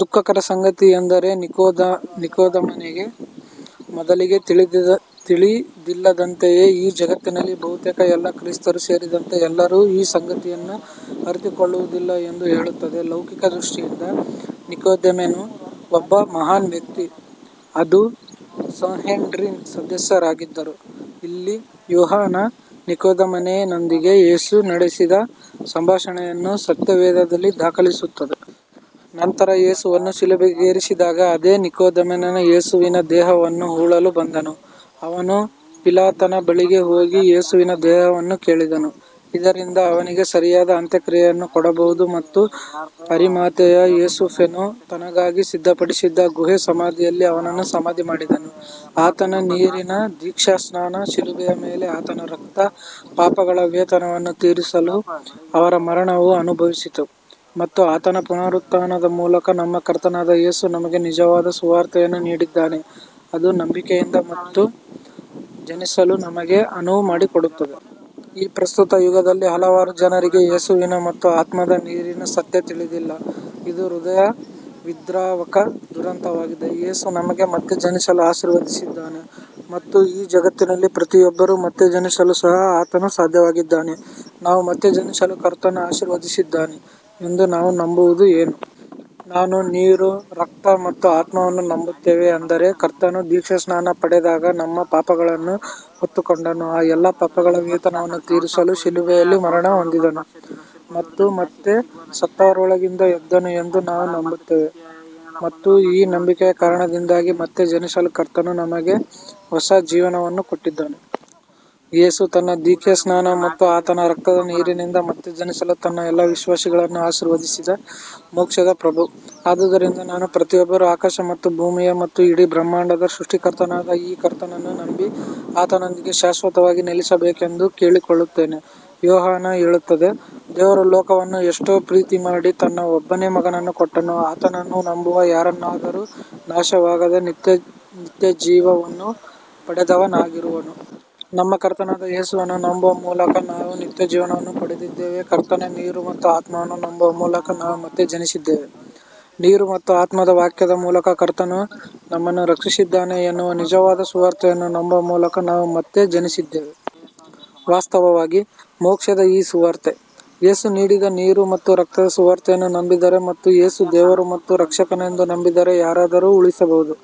ದುಃಖಕರ ಸಂಗತಿಯೆಂದರೆ, ನಿಕೊದೇಮನಗೆ ಮೊದಲಿಗೆ ತಿಳಿದಿಲ್ಲದಂತೆಯೇ ಈ ಜಗತ್ತಿನಲ್ಲಿ ಬಹುತೇಕ ಎಲ್ಲ ಕ್ರೈಸ್ತರು ಸೇರಿದಂತೆ ಎಲ್ಲರೂ ಈ ಸಂಗತಿಯನ್ನು ಅರಿತುಕೊಳ್ಳುವುದಿಲ್ಲ ಎಂದು ಹೇಳುತ್ತದೆ. ಲೌಕಿಕ ದೃಷ್ಟಿಯಿಂದ, ನಿಕೊದೇಮನು ಒಬ್ಬ ಮಹಾನ್ ವ್ಯಕ್ತಿ. ಅವರು ಸಂಹೆಡ್ರಿನ್ ಸದಸ್ಯರಾಗಿದ್ದರು. ಇಲ್ಲಿ ಯೋಹಾನ, ನಿಕೊದೇಮನನೊಂದಿಗೆ ಯೇಸು ನಡೆಸಿದ ಸಂಭಾಷಣೆಯನ್ನು ಸತ್ಯವೇದದಲ್ಲಿ ದಾಖಲಿಸುತ್ತದೆ. ನಂತರ, ಯೇಸುವನ್ನು ಶಿಲುಬೆಗೇರಿಸಿದಾಗ, ಅದೇ ನಿಕೊದೇಮನನು ಯೇಸುವಿನ ದೇಹವನ್ನು ಹೂಳಲು ಬಂದನು. ಅವನು ಪಿಲಾತನ ಬಳಿಗೆ ಹೋಗಿ ಯೇಸುವಿನ ದೇಹವನ್ನು ಕೇಳಿದನು, ಇದರಿಂದ ಅವನಿಗೆ ಸರಿಯಾದ ಅಂತ್ಯಕ್ರಿಯೆಯನ್ನು ಕೊಡಬಹುದು ಮತ್ತು ಅರಿಮಾಥೆಯ ಯೋಸೇಫನು ತನಗಾಗಿ ಸಿದ್ಧಪಡಿಸಿದ್ದ ಗುಹೆ-ಸಮಾಧಿಯಲ್ಲಿ ಅವನನ್ನು ಸಮಾಧಿ ಮಾಡಿದನು. ಆತನ ನೀರಿನ ದೀಕ್ಷಾಸ್ನಾನ, ಶಿಲುಬೆಯ ಮೇಲೆ ಆತನ ರಕ್ತ, ಪಾಪಗಳ ವೇತನವನ್ನು ತೀರಿಸಲು ಅವರ ಮರಣವು ಅನುಭವಿಸಿತು, ಮತ್ತು ಆತನ ಪುನರುತ್ಥಾನದ ಮೂಲಕ, ನಮ್ಮ ಕರ್ತನಾದ ಯೇಸು ನಮಗೆ ನಿಜವಾದ ಸುವಾರ್ತೆಯನ್ನು ನೀಡಿದ್ದಾನೆ, ಅದು ನಂಬಿಕೆಯಿಂದ ಮತ್ತೆ ಜನಿಸಲು ನಮಗೆ ಅನುವು ಮಾಡಿಕೊಡುತ್ತದೆ. ಈ ಪ್ರಸ್ತುತ ಯುಗದಲ್ಲಿ ಹಲವಾರು ಜನರಿಗೆ ಯೇಸುವಿನ ಮತ್ತು ಆತ್ಮದ ನೀರಿನ ಸತ್ಯ ತಿಳಿದಿಲ್ಲ. ಇದು ಹೃದಯ ವಿದ್ರಾವಕ ದುರಂತವಾಗಿದೆ. ಯೇಸು ನಮಗೆ ಮತ್ತೆ ಜನಿಸಲು ಆಶೀರ್ವದಿಸಿದ್ದಾನೆ, ಮತ್ತು ಈ ಜಗತ್ತಿನಲ್ಲಿ ಪ್ರತಿಯೊಬ್ಬರೂ ಮತ್ತೆ ಜನಿಸಲು ಸಹ ಆತನು ಸಾಧ್ಯವಾಗಿಸಿದ್ದಾನೆ. ನಾವು ಮತ್ತೆ ಜನಿಸಲು ಕರ್ತನು ಆಶೀರ್ವದಿಸಿದ್ದಾನೆ ಎಂದು ನಾವು ನಂಬುವುದು ಏನು? ನಾವು ನೀರು, ರಕ್ತ ಮತ್ತು ಆತ್ಮವನ್ನು ನಂಬುತ್ತೇವೆ ಅಂದರೆ, ಕರ್ತನು ದೀಕ್ಷಾಸ್ನಾನ ಪಡೆದಾಗ ನಮ್ಮ ಪಾಪಗಳನ್ನು ಹೊತ್ತುಕೊಂಡನು, ಆ ಎಲ್ಲಾ ಪಾಪಗಳ ವೇತನವನ್ನು ತೀರಿಸಲು ಶಿಲುಬೆಯಲ್ಲಿ ಮರಣಹೊಂದಿದನು ಮತ್ತು ಮತ್ತೆ ಸತ್ತವರೊಳಗಿಂದ ಎದ್ದನು ಎಂದು ನಾವು ನಂಬುತ್ತೇವೆ ಮತ್ತು ಈ ನಂಬಿಕೆಯ ಕಾರಣದಿಂದಾಗಿ ಮತ್ತೆ ಜನಿಸಲು ಕರ್ತನು ನಮಗೆ ಹೊಸ ಜೀವನವನ್ನು ಕೊಟ್ಟಿದ್ದಾನೆ. ಯೇಸು ತನ್ನ ದೀಕ್ಷಾಸ್ನಾನ ಮತ್ತು ಆತನ ರಕ್ತದ ನೀರಿನಿಂದ ಮತ್ತೆ ಜನಿಸಲು ತನ್ನ ಎಲ್ಲಾ ವಿಶ್ವಾಸಿಗಳನ್ನು ಆಶೀರ್ವದಿಸಿದ ಮೋಕ್ಷದ ಪ್ರಭು. ಆದುದರಿಂದ ನಾನು ಪ್ರತಿಯೊಬ್ಬರೂ ಆಕಾಶ ಮತ್ತು ಭೂಮಿಯ ಮತ್ತು ಇಡೀ ಬ್ರಹ್ಮಾಂಡದ ಸೃಷ್ಟಿಕರ್ತನಾದ ಈ ಕರ್ತನನ್ನು ನಂಬಿ, ಆತನೊಂದಿಗೆ ಶಾಶ್ವತವಾಗಿ ನೆಲೆಸಬೇಕೆಂದು ಕೇಳಿಕೊಳ್ಳುತ್ತೇನೆ. ಯೋಹಾನ ಹೇಳುತ್ತದೆ, "ದೇವರು ಲೋಕವನ್ನು ಎಷ್ಟೋ ಪ್ರೀತಿಮಾಡಿ ತನ್ನ ಒಬ್ಬನೇ ಮಗನನ್ನು ಕೊಟ್ಟನು; ಆತನನ್ನು ನಂಬುವ ಯಾವನಾದರೂ ನಾಶವಾಗದೆ ನಿತ್ಯಜೀವ ವನ್ನು ಪಡೆದವನಾಗಿರುವನು.. " ನಮ್ಮ ಕರ್ತನಾದ ಯೇಸುವನ್ನು ನಂಬುವ ಮೂಲಕ ನಾವು ನಿತ್ಯಜೀವವನ್ನು ಪಡೆದಿದ್ದೇವೆ. ಕರ್ತನ ನೀರು ಮತ್ತು ಆತ್ಮವನ್ನು ನಂಬುವ ಮೂಲಕ ನಾವು ಮತ್ತೆ ಜನಿಸಿದ್ದೇವೆ. ನೀರು ಮತ್ತು ಆತ್ಮದ ವಾಕ್ಯದ ಮೂಲಕ ಕರ್ತನು ನಮ್ಮನು ರಕ್ಷಿಸಿದ್ದಾನೆ ಎನ್ನುವ ನಿಜವಾದ ಸುವಾರ್ತೆಯನ್ನು ನಂಬುವ ಮೂಲಕ, ನಾವು ಮತ್ತೆ ಜನಿಸಿದ್ದೇವೆ. ವಾಸ್ತವವಾಗಿ, ಮೋಕ್ಷದ ಈ ಸುವಾರ್ತೆ, ಯೇಸು ನೀಡಿದ ನೀರು ಮತ್ತು ರಕ್ತದ ಸುವಾರ್ತೆಯನ್ನು ನಂಬಿದರೆ ಮತ್ತು ಯೇಸು ದೇವರು ಮತ್ತು ರಕ್ಷಕನೆಂದು ನಂಬಿದರೆ ಯಾರಾದರೂ ಉಳಿಸಬಹುದು;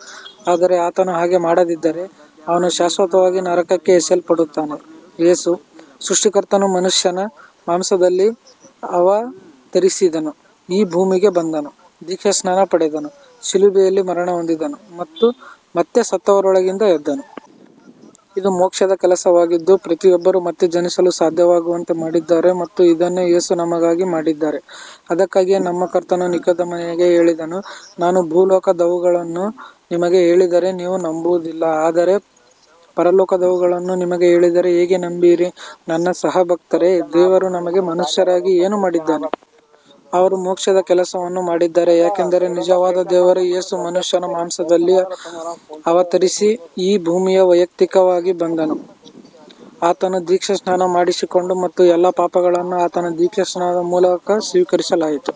ಆದರೆ ಆತನು ಹಾಗೆ ಮಾಡದಿದ್ದರೆ, ಅವನು ಶಾಶ್ವತವಾಗಿ ನರಕಕ್ಕೆ ಎಸೆಯಲ್ಪಡುತ್ತಾನೆ. ಯೇಸು, ಸೃಷ್ಟಿಕರ್ತನು ಮನುಷ್ಯನ ಮಾಂಸದಲ್ಲಿ ಅವತರಿಸಿದನು ಈ ಭೂಮಿಗೆ ಬಂದನು, ದೀಕ್ಷಾಸ್ನಾನ ಪಡೆದನು, ಶಿಲುಬೆಯಲ್ಲಿ ಮರಣಹೊಂದಿದನು ಮತ್ತು ಮತ್ತೆ ಸತ್ತವರೊಳಗಿಂದ ಎದ್ದನು. ಇದು ಮೋಕ್ಷದ ಕೆಲಸವಾಗಿದ್ದು, ಪ್ರತಿಯೊಬ್ಬರೂ ಮತ್ತೆ ಜನಿಸಲು ಸಾಧ್ಯವಾಗುವಂತೆ ಮಾಡಿದ್ದಾರೆ ಮತ್ತು ಇದನ್ನೇ ಯೇಸು ನಮಗಾಗಿ ಮಾಡಿದ್ದಾರೆ. ಅದಕ್ಕಾಗಿಯೇ ನಮ್ಮ ಕರ್ತನು ನಿಕೊದೇಮನಿಗೆ ಹೇಳಿದನು, "ನಾನು ಭೂಲೋಕ ದವುಗಳನ್ನು ನಿಮಗೆ ಹೇಳಿದರೆ ನೀವು ನಂಬುವದಿಲ್ಲ; ಆದರೆ ಪರಲೋಕದವುಗಳನ್ನು ನಿಮಗೆ ಹೇಳಿದರೆ ಹೇಗೆ ನಂಬೀರಿ " ನನ್ನ ಸಹ ಭಕ್ತರೇ, ದೇವರು ನಮಗೆ ಮನುಷ್ಯರಿಗಾಗಿ ಏನು ಮಾಡಿದ್ದಾನೆ? ಅವರು ಮೋಕ್ಷದ ಕೆಲಸವನ್ನು ಮಾಡಿದ್ದಾರೆ, ಯಾಕಂದರೆ ನಿಜವಾದ ದೇವರು ಯೇಸು ಮನುಷ್ಯನ ಮಾಂಸದಲ್ಲಿ ಅವತರಿಸಿ ಈ ಭೂಮಿಗೆ ವೈಯಕ್ತಿಕವಾಗಿ ಬಂದನು. ಆತನು ದೀಕ್ಷಾಸ್ನಾನ ಮಾಡಿಸಿಕೊಂಡು ಮತ್ತು ಎಲ್ಲಾ ಪಾಪಗಳನ್ನು ಆತನ ದೀಕ್ಷಾಸ್ನಾನದ ಮೂಲಕ ಸ್ವೀಕರಿಸಲಾಯಿತು.